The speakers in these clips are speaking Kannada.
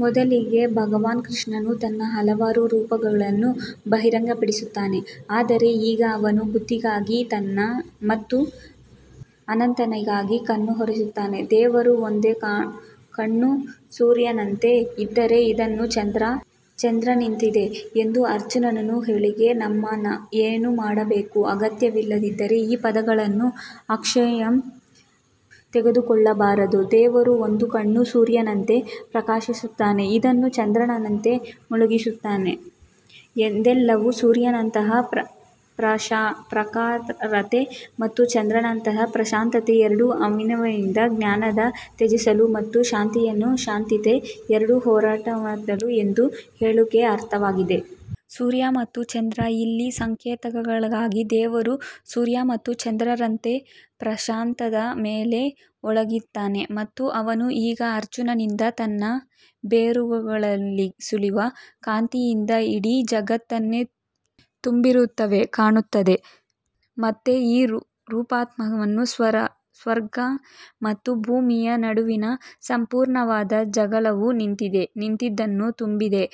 ಮೊದಲಿಗೆ ಭಗವಾನ್ ಕೃಷ್ಣನು ತನ್ನ ಹಲವಾರು ರೂಪಗಳನ್ನು ಬಹಿರಂಗಪಡಿಸುತ್ತಾನೆ ಆದರೆ ಈಗ ಅವನು ಒಬ್ಬನಾಗಿ ಮತ್ತು ಅನಂತನಾಗಿ ಕಾಣಿಸಿಕೊಳ್ಳುತ್ತಾನೆ ದೇವರ ಒಂದು ಕಣ್ಣು ಸೂರ್ಯನಂತೆ ಇದ್ದರೆ ಇನ್ನೊಂದು ಚಂದ್ರನಂತಿದೆ ಎಂಬ ಅರ್ಜುನನ ಹೇಳಿಕೆಗೆ ನಾವು ಏನು ಮಾಡಬೇಕು ಅಗತ್ಯವಿರುವುದು ಈ ಪದಗಳನ್ನು ಅಕ್ಷರಶಃ ತೆಗೆದುಕೊಳ್ಳಬಾರದು ದೇವರ ಒಂದು ಕಣ್ಣು ಸೂರ್ಯನಂತೆ ಪ್ರಕಾಶಮಾನವಾಗಿದ್ದರೆ ಇನ್ನೊಂದು ಚಂದ್ರನಂತೆ ಮಂದವಾಗಿದೆ ಎಂದಲ್ಲ ಸೂರ್ಯನಂತಹ ಪ್ರಖರತೆ ಮತ್ತು ಚಂದ್ರನಂತಹ ಪ್ರಶಾಂತತೆ ಎರಡೂ ಅವನಿಂದ ಜ್ಞಾನದ ತೇಜಸ್ಸು ಮತ್ತು ಶಾಂತತೆಯ ಶಾಂತತೆ ಎರಡೂ ಹೊರಹೊಮ್ಮುತ್ತವೆ ಎಂಬುದು ಹೇಳಿಕೆಯ ಅರ್ಥವಾಗಿದೆ. ಸೂರ್ಯ ಮತ್ತು ಚಂದ್ರ ಇಲ್ಲಿ ಸಂಕೇತಗಳಾಗಿವೆ ದೇವರು ಸೂರ್ಯ ಮತ್ತು ಚಂದ್ರರಂತೆ ಪ್ರಪಂಚದ ಮೇಲೆ ಬೆಳಗುತ್ತಾನೆ ಮತ್ತು ಅವನು ಈಗ ಅರ್ಜುನನಿಂದ ತನ್ನ ಬೆರಗುಗೊಳಿಸುವ ಕಾಂತಿಯಿಂದ ಇಡೀ ಜಗತ್ತನ್ನು ತುಂಬುತ್ತಿರುವಂತೆ ಕಾಣುತ್ತಾನೆ. ಮತ್ತು ಓ ಪರಮಾತ್ಮನೇ, ಸ್ವರ್ಗ ಮತ್ತು ಭೂಮಿಯ ನಡುವಿನ ಸಂಪೂರ್ಣ ಜಾಗವು ನಿನ್ನಿಂದ ತುಂಬಿದೆ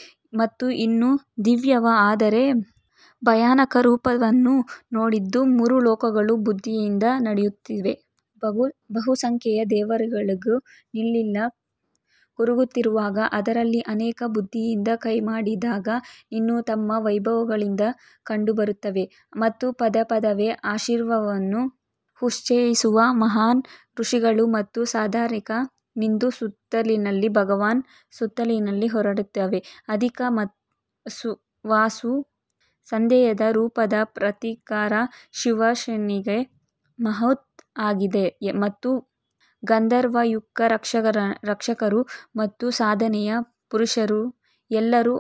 ಮತ್ತು ನಿನ್ನ ದಿವ್ಯ ಆದರೆ ಭಯಾನಕ ರೂಪವನ್ನು ನೋಡಿ ಮೂರು ಲೋಕಗಳು ಭಯದಿಂದ ನಡುಗುತ್ತಿವೆ. ಬಹುಸಂಖ್ಯೆಯ ದೇವತೆಗಳು ನಿನ್ನಲ್ಲಿ ಕರಗುತ್ತಿರುವಾಗ ಅವರಲ್ಲಿ ಅನೇಕರು ಭಯದಿಂದ ಕೈಮುಗಿದು ನಿನ್ನ ನಾಮ ವೈಭವಗಳನ್ನು ಕೊಂಡಾಡುತ್ತಿದ್ದಾರೆ ಮತ್ತು ಪದೇ ಪದೇ ಆಶೀರ್ವಾದವನ್ನು ಉಚ್ಛರಿಸುವ ಮಹಾನ್ ಋಷಿಗಳು ಮತ್ತು ಸಾಧಕರು ನಿನ್ನ ಸ್ತುತಿಯಲ್ಲಿ ಭವ್ಯವಾದ ಸ್ತೋತ್ರಗಳನ್ನು ಹಾಡುತ್ತಿದ್ದಾರೆ. ಅದಿತಿ ವಸು ಸಧ್ಯದ ರುದ್ರ ಪುತ್ರರು ವಿಶ್ವ ಅಶ್ವಿನ್ ಮರುತ್ ಅಗ್ನಿ ಮತ್ತು ಗಂಧರ್ವ ಯಕ್ಷ ರಾಕ್ಷಸರು ಮತ್ತು ಸಾಧನೆಯ ಪುರುಷರು ಎಲ್ಲರೂ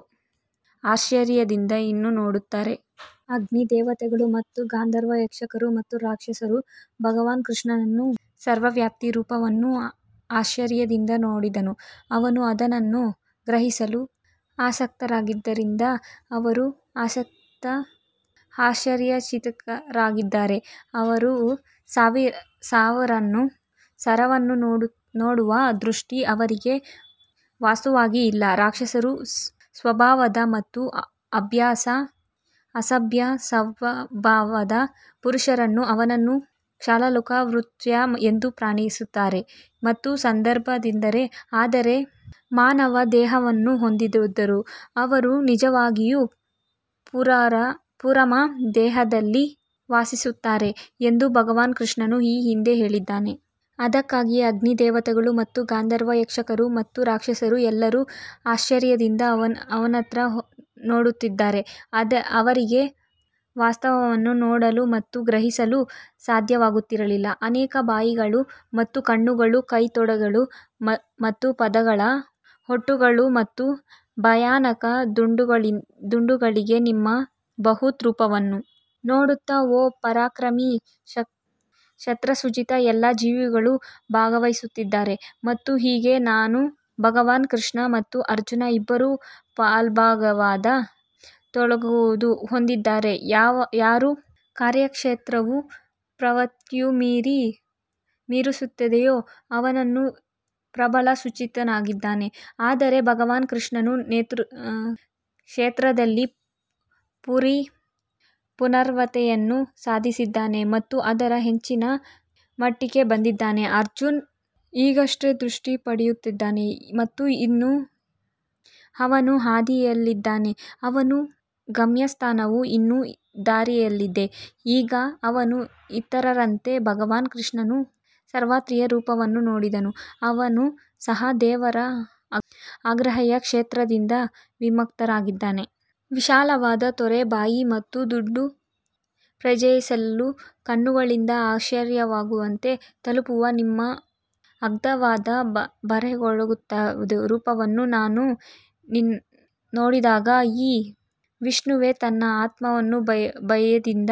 ಆಶ್ಚರ್ಯದಿಂದ ನಿನ್ನನ್ನು ನೋಡುತ್ತಿದ್ದಾರೆ. ಅಗ್ನಿ ದೇವತೆಗಳು ಮತ್ತು ಗಂಧರ್ವ ಯಕ್ಷರು ಮತ್ತು ರಾಕ್ಷಸರು ಭಗವಾನ್ ಕೃಷ್ಣನ ಸರ್ವವ್ಯಾಪಿ ರೂಪವನ್ನು ಆಶ್ಚರ್ಯದಿಂದ ನೋಡುತ್ತಿದ್ದನು ಅವರು ಅವನನ್ನು ಗ್ರಹಿಸಲು ಅಶಕ್ತರಾಗಿರುವುದರಿಂದ ಅವರು ಆಶ್ಚರ್ಯಚಕಿತರಾಗಿದ್ದಾರೆ ಅವರ ಸಾರವನ್ನು ನೋಡುವ ದೃಷ್ಟಿ ಅವರಿಗೆ ವಾಸ್ತವವಾಗಿ ಇಲ್ಲ ರಾಕ್ಷಸ ಸ್ವಭಾವದ ಮತ್ತು ಅಸಭ್ಯ ಸ್ವಭಾವದ ಪುರುಷರು ಅವನನ್ನು ಕ್ಷುಲ್ಲಕ ಮರ್ತ್ಯ ಎಂದು ಪರಿಗಣಿಸುತ್ತಾರೆ ಮತ್ತು ಸಂಬೋಧಿಸುತ್ತಾರೆ ಆದರೆ ಮಾನವ ದೇಹವನ್ನು ಹೊಂದಿದ್ದರೂ ಅವರು ನಿಜವಾಗಿಯೂ ಪರಮ ದೇವರಲ್ಲಿ ವಾಸಿಸುತ್ತಾರೆ ಎಂದು ಭಗವಾನ್ ಕೃಷ್ಣನು ಈ ಹಿಂದೆ ಹೇಳಿದ್ದಾನೆ. ಅದಕ್ಕಾಗಿಯೇ ಅಗ್ನಿ ದೇವತೆಗಳು ಮತ್ತು ಗಂಧರ್ವ ಯಕ್ಷರು ಮತ್ತು ರಾಕ್ಷಸರು ಎಲ್ಲರೂ ಆಶ್ಚರ್ಯದಿಂದ ಅವನತ್ತ ನೋಡುತ್ತಿದ್ದಾರೆ. ಅವರಿಗೆ ವಾಸ್ತವವನ್ನು ನೋಡಲು ಮತ್ತು ಗ್ರಹಿಸಲು ಸಾಧ್ಯವಾಗುತ್ತಿಲ್ಲ ಅನೇಕ ಬಾಯಿಗಳು ಮತ್ತು ಕಣ್ಣುಗಳು ಕೈ ತೊಡೆಗಳು ಮತ್ತು ಪಾದಗಳು ಹೊಟ್ಟೆಗಳು ಮತ್ತು ಭಯಾನಕ ದಂತಗಳೊಂದಿಗೆ ನಿಮ್ಮ ಬೃಹತ್ ರೂಪವನ್ನು ನೋಡುತ್ತಾ ಓ ಪರಾಕ್ರಮಿ ಶಸ್ತ್ರಸಜ್ಜಿತ ಎಲ್ಲಾ ಜೀವಿಗಳು ಭಯಭೀತರಾಗಿದ್ದಾರೆ ಮತ್ತು ಹಾಗೆಯೇ ನಾನು ಭಗವಾನ್ ಕೃಷ್ಣ ಮತ್ತು ಅರ್ಜುನ್ ಇಬ್ಬರೂ ಪ್ರಬಲವಾದ ತೋಳುಗಳನ್ನು ಹೊಂದಿದ್ದಾರೆ ಯಾರ ಕಾರ್ಯಕ್ಷೇತ್ರವು ಪ್ರಕೃತಿಯನ್ನು ಮೀರಿ ವಿಸ್ತರಿಸುತ್ತದೆಯೋ ಅವನು ಪ್ರಬಲ ಶಸ್ತ್ರಸಜ್ಜಿತನಾಗಿರುತ್ತಾನೆ ಆದರೆ ಭಗವಾನ್ ಕೃಷ್ಣನು ಕ್ಷೇತ್ರದಲ್ಲಿ ಪರಿಪೂರ್ಣತೆಯನ್ನು ಸಾಧಿಸಿದ್ದಾನೆ ಮತ್ತು ಅದರ ಹೆಚ್ಚಿನ ಮಟ್ಟಕ್ಕೆ ಬಂದಿದ್ದಾನೆ ಅರ್ಜುನ್ ಈಗಷ್ಟೇ ದೀಕ್ಷೆ ಪಡೆದಿದ್ದಾನೆ ಮತ್ತು ಇನ್ನೂ ಅವನ ಹಾದಿಯಲ್ಲಿದ್ದಾನೆ ಅವನ ಗಮ್ಯಸ್ಥಾನವು ಇನ್ನೂ ದೂರದಲ್ಲಿದೆ ಈಗ ಅವನು ಇತರರಂತೆ ಭಗವಾನ್ ಕೃಷ್ಣನ ಸಾರ್ವತ್ರಿಕ ರೂಪವನ್ನು ನೋಡಿದಾಗ ಅವನು ಸಹ ದೇವರ ಅಗ್ರಾಹ್ಯ ಶ್ರೇಷ್ಠತೆಯಿಂದ ವಿಸ್ಮಯಗೊಳ್ಳುತ್ತಾನೆ. ವಿಶಾಲವಾದ ತೆರೆದ ಬಾಯಿ ಮತ್ತು ದೊಡ್ಡ ಪ್ರಜ್ವಲಿಸುವ ಕಣ್ಣುಗಳೊಂದಿಗೆ ಆಕಾಶದವರೆಗೆ ತಲುಪುವ ನಿಮ್ಮ ಅಗಾಧವಾದ ಬೆರಗುಗೊಳಿಸುವ ರೂಪವನ್ನು ನಾನು ನೋಡಿದಾಗ, ಓ ವಿಷ್ಣುವೇ ನನ್ನ ಆತ್ಮವು ಭಯದಿಂದ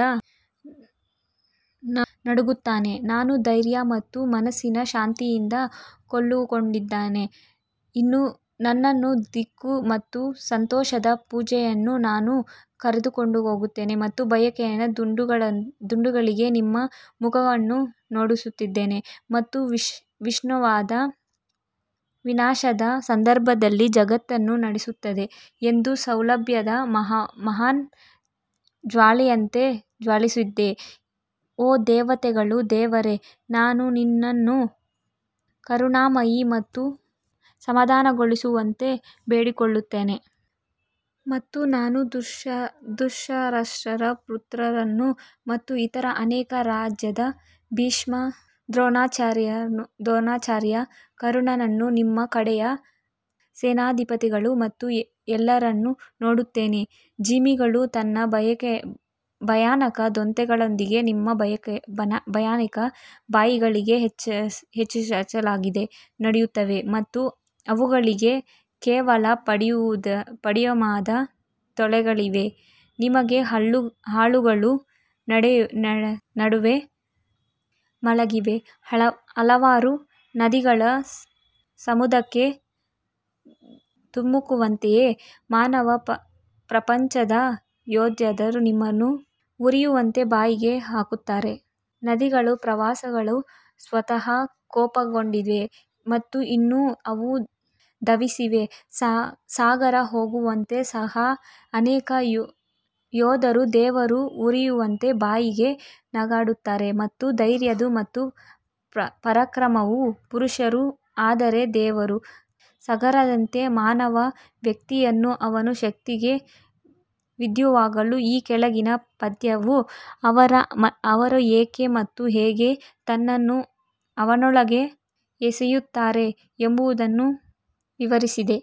ನಡುಗುತ್ತದೆ, ನಾನು ಧೈರ್ಯ ಮತ್ತು ಮನಸ್ಸಿನ ಶಾಂತಿಯನ್ನು ಕಳೆದುಕೊಂಡಿದ್ದೇನೆ. ನನ್ನ ದಿಕ್ಕು ಮತ್ತು ಸಂತೋಷದ ಪ್ರಜ್ಞೆಯನ್ನು ನಾನು ಕಳೆದುಕೊಂಡಿದ್ದೇನೆ ಮತ್ತು ಭಯಾನಕ ದಂತಗಳಿಂದ ನಿಮ್ಮ ಮುಖಗಳನ್ನು ನೋಡುತ್ತಿದ್ದೇನೆ ಮತ್ತು ವಿನಾಶದ ಸಂದರ್ಭದಲ್ಲಿ ಜಗತ್ತನ್ನು ಸುಡುತ್ತದೆ ಎಂದು ನಂಬಲಾದ ಮಹಾನ್ ಜ್ವಾಲೆಯಂತೆ ಜ್ವಲಿಸುತ್ತಿದೆ, ಓ ದೇವತೆಗಳ ದೇವರೇ, ನಾನು ನಿನ್ನನ್ನು ಕರುಣಾಮಯಿ ಮತ್ತು ಸಮಾಧಾನಗೊಳಿಸುವಂತೆ ಬೇಡಿಕೊಳ್ಳುತ್ತೇನೆ. ಮತ್ತು ನಾನು ಧೃತರಾಷ್ಟ್ರರ ಪುತ್ರರನ್ನು ಮತ್ತು ಇತರ ಅನೇಕ ರಾಜರಾದ ಭೀಷ್ಮ ದ್ರೋಣಾಚಾರ್ಯ ಕರ್ಣರನ್ನು ನಮ್ಮ ಕಡೆಯ ಸೇನಾಧಿಪತಿಗಳು ಮತ್ತು ಎಲ್ಲರನ್ನೂ ನೋಡುತ್ತೇನೆ. ಜೀವಿಗಳು ತನ್ನ ಭಯಾನಕ ದಂತಗಳೊಂದಿಗೆ ನಿಮ್ಮ ಭಯಾನಕ ಬಾಯಿಗೆ ಹುಚ್ಚುಚ್ಚಾಗಿ ನುಗ್ಗುತ್ತಿವೆ ಮತ್ತು ಅವುಗಳಲ್ಲಿ ಕೆಲವು ಪುಡಿಮಾಡಿದ ತಲೆಗಳೊಂದಿಗೆ ನಿಮ್ಮ ಹಲ್ಲುಗಳ ನಡುವೆ ಮಲಗಿವೆ ಹಲವಾರು ನದಿಗಳು ಸಮುದ್ರಕ್ಕೆ ಧುಮುಕುವಂತೆಯೇ ಮಾನವ ಪ್ರಪಂಚದ ಯೋಧರು ನಿಮ್ಮ ಉರಿಯುತ್ತಿರುವ ಬಾಯಿಗೆ ಹಾರುತ್ತಿದ್ದಾರೆ. ನದಿಗಳ ಪ್ರವಾಹಗಳು ಸ್ವತಃ ಕೋಪಗೊಂಡಿವೆ ಮತ್ತು ಇನ್ನೂ ಅವು ಧಾವಿಸಿವೆ ಸಾಗರ ಹೀಗಿದ್ದರೂ ಸಹ ಅನೇಕ ಯೋಧರು ದೇವರ ಉರಿಯುತ್ತಿರುವ ಬಾಯಿಗೆ ನುಗ್ಗುತ್ತಿದ್ದಾರೆ ಅವರು ಧೈರ್ಯ ಮತ್ತು ಪರಾಕ್ರಮದ ಪುರುಷರು ಆದರೆ ದೇವರು ಸಾಗರದಂತೆ ಮಾನವ ಶಕ್ತಿಯು ಅವನ ಶಕ್ತಿಗೆ ವಿರುದ್ಧವಾಗಿಲ್ಲ ಈ ಕೆಳಗಿನ ಪದ್ಯವು ಅವರು ಏಕೆ ಮತ್ತು ಹೇಗೆ ತನ್ನನ್ನು ಅವನೊಳಗೆ ಎಸೆಯುತ್ತಾರೆ ಎಂಬುದನ್ನು ವಿವರಿಸುತ್ತದೆ.